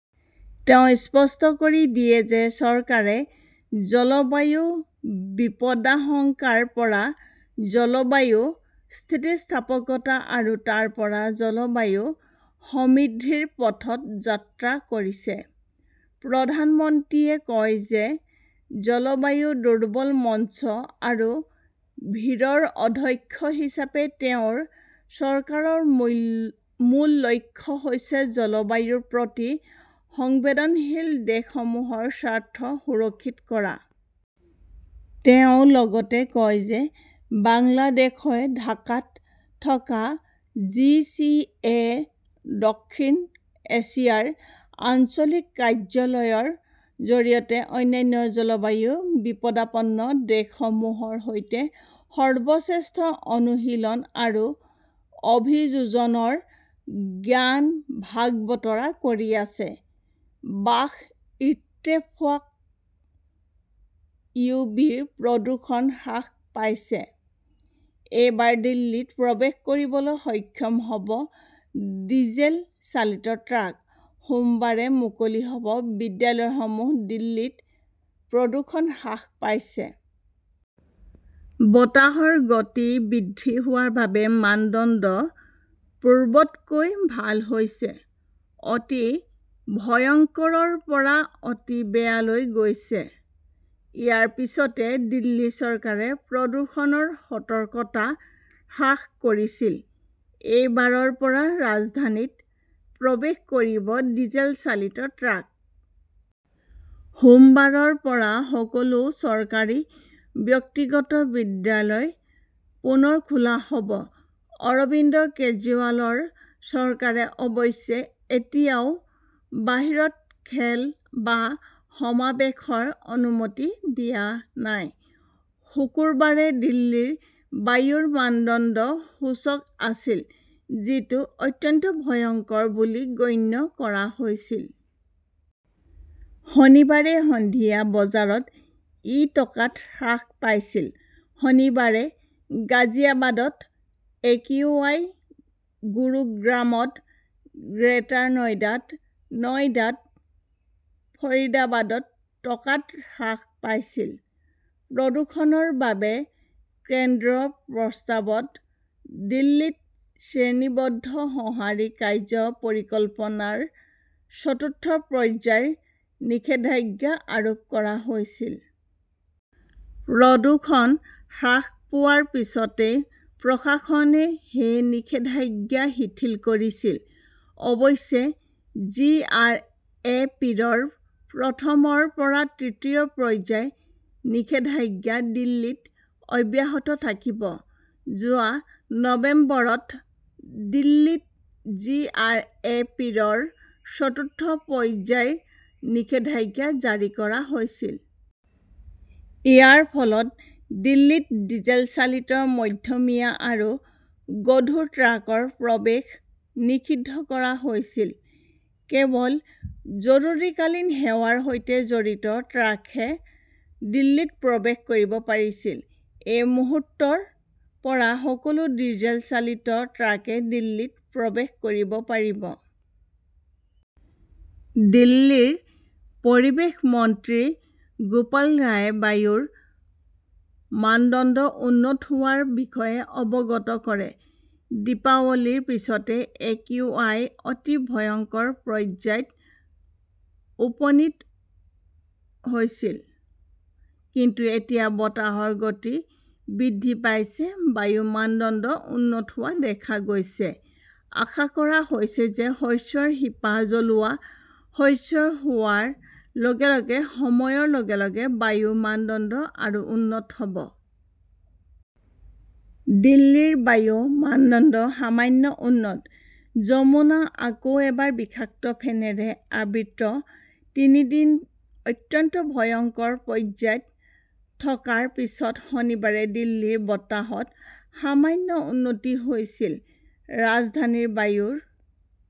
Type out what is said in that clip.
তেওঁ স্পষ্ট কৰি দিয়ে যে চৰকাৰে জলবায়ু বিপদাশংকাৰ পৰা জলবায়ু স্থিতিস্থাপকতা আৰু তাৰ পৰা জলবায়ু সমৃদ্ধিৰ পথত যাত্ৰা কৰিছে। প্ৰধানমন্ত্ৰীয়ে কয় যে জলবায়ু দুৰ্বল মঞ্চ আৰু ভি -ৰ অধ্যক্ষ হিচাপে তেওঁৰ চৰকাৰৰ মূল লক্ষ্য হৈছে জলবায়ুৰ প্ৰতি সংবেদনশীল দেশসমূহৰ স্বাৰ্থ সুৰক্ষিত কৰা। তেওঁ লগতে কয় যে বাংলাদেশই ঢাকাত থকা জি. চি. এ. দক্ষিণ এছিয়াৰ আঞ্চলিক কাৰ্যালয়ৰ জৰিয়তে অন্যান্য জলবায়ু বিপদাপন্ন দেশসমূহৰ সৈতে সৰ্বশ্ৰেষ্ঠ অনুশীলন আৰু অভিযোজনৰ জ্ঞান ভাগ বতৰা কৰি আছে। বাস ইত্তেফাক/ইউবি প্ৰদূষণ হ্ৰাস পাইছে, এইবাৰ দিল্লীত প্ৰৱেশ কৰিবলৈ সক্ষম হ 'ব ডিজেল চালিত ট্ৰাক, সোমবাৰে মুকলি হ' ব বিদ্যালয়সমূহ দিল্লীত প্ৰদূষণ হ্ৰাস পাইছে। বতাহৰ গতি বৃদ্ধি হোৱাৰ বাবে মানদণ্ড পূৰ্বতকৈ ভাল হৈছে। 'অতি ভয়ংকৰ "ৰ পৰা' অতি বেয়া" লৈ গৈছে। ইয়াৰ পিছতে দিল্লী চৰকাৰে প্ৰদূষণৰ সতৰ্কতা হ্ৰাস কৰিছিল। এই বাৰৰ পৰা ৰাজধানীত প্ৰৱেশ কৰিব ডিজেল চালিত ট্ৰাক। সোমবাৰৰ পৰা সকলো চৰকাৰী, ব্যক্তিগত বিদ্যালয় পুনৰ খোলা হ "ব। অৰবিন্দ কেজৰিৱালৰ চৰকাৰে অৱশ্যে এতিয়াও বাহিৰত খেল বা সমাৱেশৰ অনুমতি দিয়া নাই। শুকুৰবাৰে দিল্লীৰ বায়ুৰ মানদণ্ড সূচক আছিল। যিটো 'অত্যন্ত ভয়ংকৰ "বুলি গণ্য কৰা হৈছিল। শনিবাৰে সন্ধিয়া বজাত ই টকাত হ্ৰাস পাইছিল। শনিবাৰে গাজিয়াবাদত একিউআই, গুৰুগ্ৰামত, গ্ৰেটাৰ নয়ডাত, নয়ডাত, ফৰিদাবাদত টকাত হ্ৰাস পাইছিল। প্ৰদূষণৰ বাবে কেন্দ্ৰৰ প্ৰস্তাৱত দিল্লীত 'শ্ৰেণীবদ্ধ সঁহাৰি কাৰ্য্য পৰিকল্পনা " ৰ চতুৰ্থ পৰ্যায়ৰ নিষেধাজ্ঞা আৰোপ কৰা হৈছিল। প্ৰদূষণ হ্ৰাস পোৱাৰ পিছতে প্ৰশাসনে সেই নিষেধাজ্ঞা শিথিল কৰিছিল। অৱশ্যে, জি. আৰ. এ. পি. -ৰ প্ৰথমৰ পৰা তৃতীয় পৰ্যায়ৰ নিষেধাজ্ঞা দিল্লীত অব্যাহত থাকিব। যোৱা নৱেম্বৰত দিল্লীত জি. আৰ. এ. পি. -ৰ চতুৰ্থ পৰ্যায়ৰ নিষেধাজ্ঞা জাৰি কৰা হৈছিল। ইয়াৰ ফলত দিল্লীত ডিজেল চালিত মধ্যমীয়া আৰু গধুৰ ট্ৰাকৰ প্ৰৱেশ নিষিদ্ধ কৰা হৈছিল। কেৱল জৰুৰীকালীন সেৱাৰ সৈতে জড়িত ট্ৰাকেহে দিল্লীত প্ৰৱেশ কৰিব পাৰিছিল। এই মুহূৰ্তৰ পৰা সকলো ডিজেল চালিত ট্ৰাকে দিল্লীত প্ৰৱেশ কৰিব পাৰিব। দিল্লীৰ পৰিৱেশ মন্ত্ৰী গোপাল ৰায়ে বায়ুৰ মানদণ্ড উন্নত হোৱাৰ বিষয়ে অৱগত কৰে। "দীপাৱলীৰ পিছতে একিউআই অতি ভয়ংকৰ পৰ্যায়ত উপনীত হৈছিল। কিন্তু এতিয়া বতাহৰ গতি বৃদ্ধি পাইছে। বায়ুৰ মানদণ্ড উন্নত হোৱা দেখা গৈছে। আশা কৰা হৈছে যে শস্যৰ শিপা জ্বলোৱা হ্ৰাস হোৱাৰ লগে লগে সময়ৰ লগে লগে বায়ুৰ মানদণ্ড আৰু উন্নত হ "ব। "। দিল্লীৰ বায়ুৰ মানদণ্ড সামান্য 'উন্নত ", যমুনা আকৌ এবাৰ বিষাক্ত ফেনৰে আবৃত তিনি দিন 'অত্যন্ত ভয়ংকৰ "পৰ্যায়ত থকাৰ পিছত শনিবাৰে দিল্লীৰ বতাহত সামান্য' উন্নতি" হৈছিল। ৰাজধানীৰ বায়ুৰ